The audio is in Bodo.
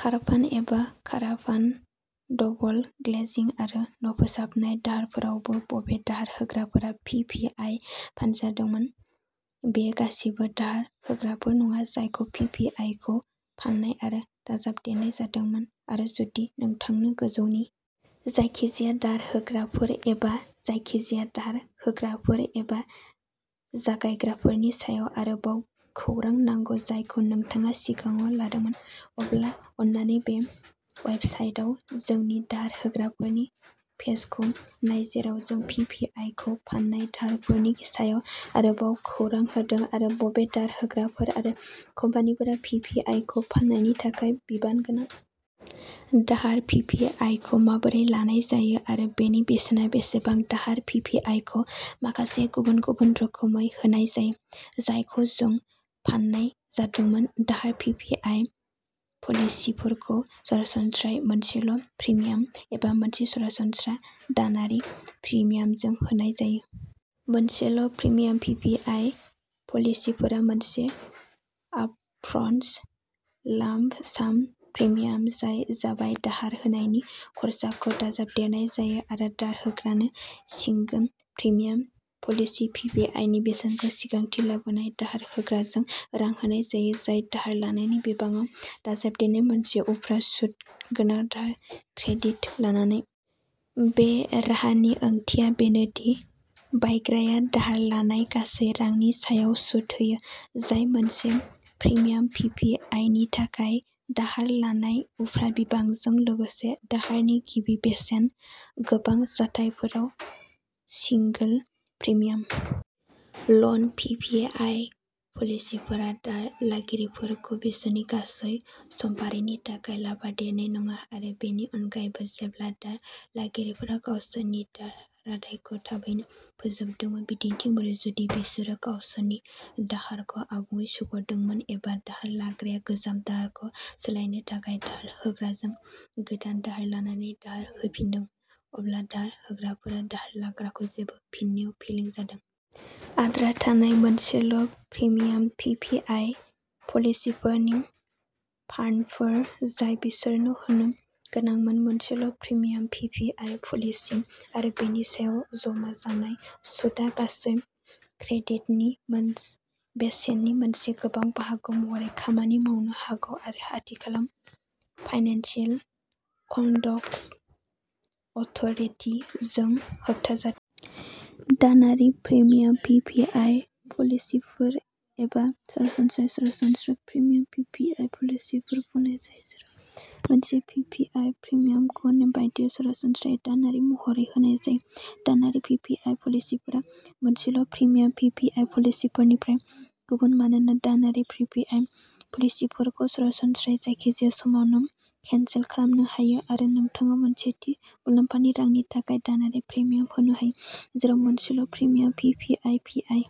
कारभान एबा काराभान, डबल ग्लेजिं, आरो न'फोसाबनाय दाहारफोरावबो। बबे दाहार होग्राफोरा पि पि आइ फानजादोंमोन बेयो गासिबो दाहार होग्राफोर नङा जायखौ पि पि आइ खौ फान्नाय आरो दाजाबदेरनाय जादोंमोन आरो जुदि नोंथांनि गोजौनि जायखिजाया दाहार होग्राफोर एबा जायखिजाया दाहार होग्राफोर एबा जगायग्राफोरनि सायाव आरोबाव खौरां नांगौ जायखौ नोंथाङा सिगाङाव लादोंमोन, अब्ला अन्नानै बे वेबसाइटआव जोंनि दाहार होग्राफोरनि पेजखौ नाय जेराव जों पि पि आइ खौ फान्नाय दाहारफोरनि सायाव आरोबाव खौरां होदों आरो बबे दाहार होग्राफोर आरो कम्पानिफोरा पि पि आइ खौ फान्नायनि थाखाय बिबान गोनां। दाहार पि पि आइ खौ माबोरै लानाय जायो आरो बेनि बेसेना बेसेबां दाहार पि पि आइ खौ माखासे गुबुन-गुबुन रोखोमै होनाय जायो, जायखौ जों फान्नाय जादोंमोन। दाहार पि पि आइ पलिसिफोरखौ सरासनस्रायै मोनसेल' प्रिमियाम एबा मोनसे सरासनस्रा दानारि प्रिमियामजों होनाय जायो। मोनसेल' प्रिमियाम पि पि आइ पलिसिफोरा मोनसे आपफ्रन्टस लाम्प-साम प्रिमियाम जाय जाबाय दाहार होनायनि खरसाखौ दाजाबदेरनाय जायो आरो दाहार होग्रानो single premium policy P P I नि बेसेनखौ सिगांथिं लाबोनाय दाहार होग्राजों रां होनाय जायो, जाय दाहार लानायनी बिबाङाव दाजाबदेरनाय मोनसे उफ्रा सुत गोनां दाहार क्रेडिट लानानै। बे राहानि ओंथिया बेनो दि बायग्राया दाहार लानाय गासै रांनि सायाव सुद होयो, जाय मोनसे प्रिमियाम पि पि आइ नि थाखाय दाहार लानाय उफ्रा बिबांजों लोगोसे दाहारनि गिबि बेसेन। गोबां जाथायफोराव सिंगोल प्रिमियाम ल'न पि पि आइ पलिसिफोरा दाहार लागिरिफोरखौ बिसोरनि गासै समफारिनि थाखाय लाफादेरनाय नङा, आरो बेनि अनगायैबो जेब्ला दाहार लागिरिफोरा गावसोरनि दाहार रादायखौ थाबैनो फोजोबदोंमोन, बिदिन्थि महरै जुदि बिसोरो गावसोरनि दाहारखौ आबुङै सुख'दोंमोन एबा दाहार लाग्राया गोजाम दाहारखौ सोलायनो थाखाय दाहार होग्राजों गोदान दाहार लानानै दाहार होफिन्दों, अब्ला दाहार होग्राफोरा दाहार लाग्राखौ जेबो फिन्नायाव फेलें जादों। आद्रा थानाय मोनसेल' प्रिमियाम पि पि आइ पलिसिफोरनि फान्डफोर जाय बिसोरनो होनो गोनांमोन। मोनसेल' premium P P I policy आरो बेनि सायाव जमा जानाय सुदआ गासै क्रेडिटनि बेसेननि मोनसे गोबां बाहागो महरै खामानि मावनो हागौ आरो आथिखालाव फाइनेन्सियेल कन्डक्ट अथ'रिटि जों होबथाजादों। दानारि प्रिमियाम पि पि आइ पलिसिफोर एबा सरासनस्रायै सरासनस्रा प्रिमियाम पि पि आइ पलिसिफोर बुंनाय जायो जेराव मोनसे पि पि आइ प्रिमियामखौ नेमबादियै, सरासनस्रायै दानारि महरै होनाय जायो। दानारि पि पि आइ पलिसिफोरा मोनसेल' प्रिमियाम पि पि आइ पलिसिफोरनिफ्राय गुबुन मानोना दानारि पि पि आइ पलिसिफोरखौ सरासनस्रायै जायखिजाया समावनो केनसेल खालामनो हायो, आरो नोंथाङा मोनसे थि मुलाम्फानि रांनि थाखाय दानारि प्रिमियाम होनो हायो। जेराव मोनसेल' premium P P I P I